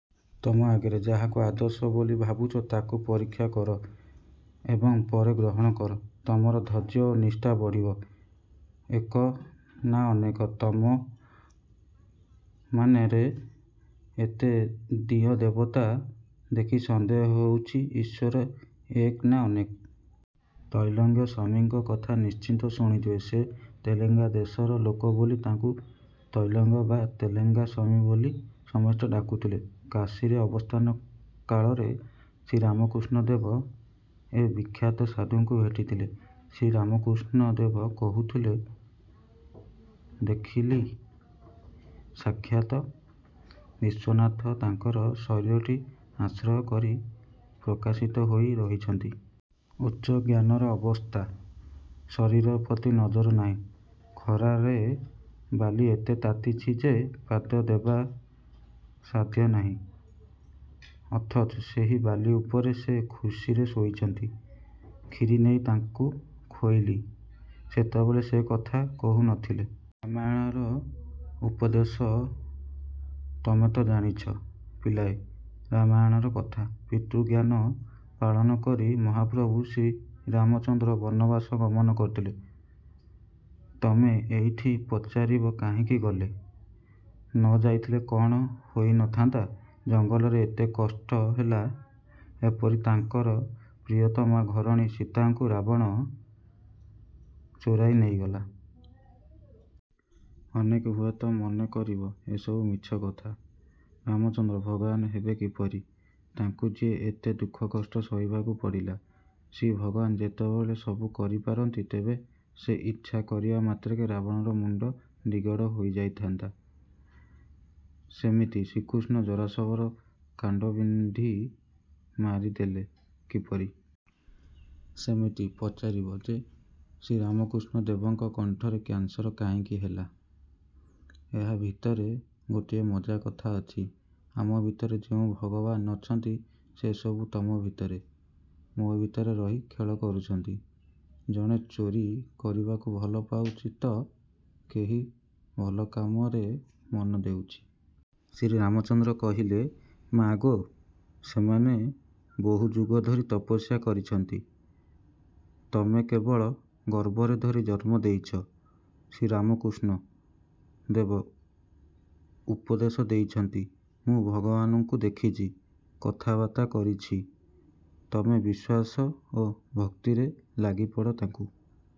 ତମ ଆଗରେ ଯାହାକୁ ଆଦର୍ଶ ବୋଲି ଭାବୁଛ ତାକୁ ପରୀକ୍ଷା କର ଏବଂ ପରେ ଗ୍ରହଣ କର। ତମର ଧୈର୍ଯ୍ୟ ଓ ନିଷ୍ଠା ବଢ଼ିବ। ଏକ ନା ଅନେକ? ତମ ମନରେ ଏତେ ଦିଅଁ ଦେବତା ଦେଖି ସନ୍ଦେହ ହେଉଥିବ ଈଶ୍ୱର ଏକ ନା ଅନେକ-। ତ୍ରୈଲଙ୍ଗ ସ୍ୱାମୀଙ୍କ କଥା ନିଶ୍ଚୟ ଶୁଣିଥିବ। ସେ ତେଲଙ୍ଗା ଦେଶର ଲୋକ ବୋଲି ତାଙ୍କୁ ତ୍ରୈଲଙ୍ଗ ବା ତେଲଙ୍ଗା ସ୍ୱାମୀ ବୋଲି ସମସ୍ତେ ଡାକୁଥିଲେ। କାଶୀରେ ଅବସ୍ଥାନ କାଳରେ ଶ୍ରୀରାମକୃଷ୍ଣ ଦେବ ଏ ବିଖ୍ୟାତ ସାଧୁଙ୍କୁ ଭେଟିଥିଲେ। ଶ୍ରୀରାମକୃଷ୍ଣ ଦେବ କହୁଥିଲେ-ଦେଖିଲି, ସାକ୍ଷାତ ବିଶ୍ୱନାଥ ତାଙ୍କର ଶରୀରଟି ଆଶ୍ରୟ କରି ପ୍ରକାଶିତ ହୋଇ ରହିଛନ୍ତି। ଉଚ୍ଚ ଜ୍ଞାନର ଅବସ୍ଥା। ଶରୀର ପ୍ରତି ନଜର ନାହିଁ। ଖରାରେ ବାଲି ଏତେ ତାତିଛି ଯେ ପାଦ ଦେବାର ସାଧ୍ୟ ନାହିଁ, ଅଥଚ ସେହି ବାଲି ଉପରେ ସେ ସୁଖରେ ଶୋଇଛନ୍ତି। କ୍ଷିରି ନେଇ ତାଙ୍କୁ ଖୋଇଲି। ସେତେବେଳେ ସେ କଥା କହୁ ନ ଥିଲେ। ' ରାମାୟଣର ଉପଦେଶ ତମେତ ଜାଣିଛ ପିଲାଏ ରାମାୟଣ କଥା। ପିତୃଆଜ୍ଞା ପାଳନ କରି ମହାପ୍ରଭୁ ଶ୍ରୀରାମଚନ୍ଦ୍ର ବନବାସ ଗମନ କରିଥିଲେ। ତମେ ଏଇଠି ପଚାରିବ କାହିଁକି ଗଲେ? ନ ଯାଇଥିଲେ କ'ଣ ହୋଇ ନ ଥିନ୍ତା? ଜଙ୍ଗଲରେ ଏତେ କଷ୍ଟ ହେଲା ଏପରିକି ତାଙ୍କର ପ୍ରିୟତମା ଘରଣୀ ସୀତାଙ୍କୁ ରାବଣ ଚୋରାଇ ନେଇଗଲା। ଅନେକେ ହୁଏତ ମନେ କରିବ ଏସବୁ ମିଛ କଥା-। ରାମଚନ୍ଦ୍ର ଭଗବାନ ହେବେ କିପରି? ତାଙ୍କୁ ଯଦି ଏତେ ଦୁଃଖ-କଷ୍ଟ ସହିବାକୁ ପଡ଼ିଲା। ଶ୍ରୀଭଗବାନ ଯେତେବେଳେ ସବୁ କରିପାରନ୍ତି, ତେବେ ସେ ଇଚ୍ଛା କରିବା ମାତ୍ରକେ ରାବଣର ମୁଣ୍ତ ଦିଗଡ଼ ହୋଇଯାନ୍ତା। ସେମିତି କୃଷ୍ଣଙ୍କୁ ଜାରାଶବର କାଣ୍ତ ବିନ୍ଧି ମାରିଦେଲା କିପରି? ସେମିତି ପଚାରିବ ଯେ ଶ୍ରୀରାମକୃଷ୍ଣ ଦେବଙ୍କ କଣ୍ଠରେ କ୍ୟାନ୍ସର କାହିଁକି ହେଲା। ଏହା ଭିତରେ ଗୋଟିଏ ମଜାର କଥା ଅଛି। ଆମ ଭିତରେ ଯେଉଁ ଭଗବାନ ଅଛନ୍ତି ସେ ସବୁ ତମ ଭିତରେ, ମୋ ଭିତରେ ରହି ଖେଳ କରୁଛନ୍ତି। ଜଣେ ଚୋରୀ କରିବାକୁ ଭଲ ପାଉଛି ତ କେହି ଭଲ କାମରେ ମନ ଦେଉଛି। ଶ୍ରୀରାମଚନ୍ଦ୍ର କହିଲେ-ମା' ଗୋ ସେମାନେ ବହୁ ଯୁଗ ଧରି ତପସ୍ୟା କରିଛନ୍ତି ତମେ କେବଳ ଗର୍ଭରେ ଧରି ଜନ୍ମ ଦେଇଛ। ଶ୍ରୀରାମକୃଷ୍ଣ ଦେବ ଉପଦେଶ ଦେଇଛନ୍ତି-ମୁଁ ଭଗବାନଙ୍କୁ ଦେଖିଛି। କଥାବାର୍ତ୍ତା କରିଛି-। ତମେ ବିଶ୍ୱାସ ଓ ଭକ୍ତିରେ ଲାଗିପଡ଼ ତାଙ୍କୁ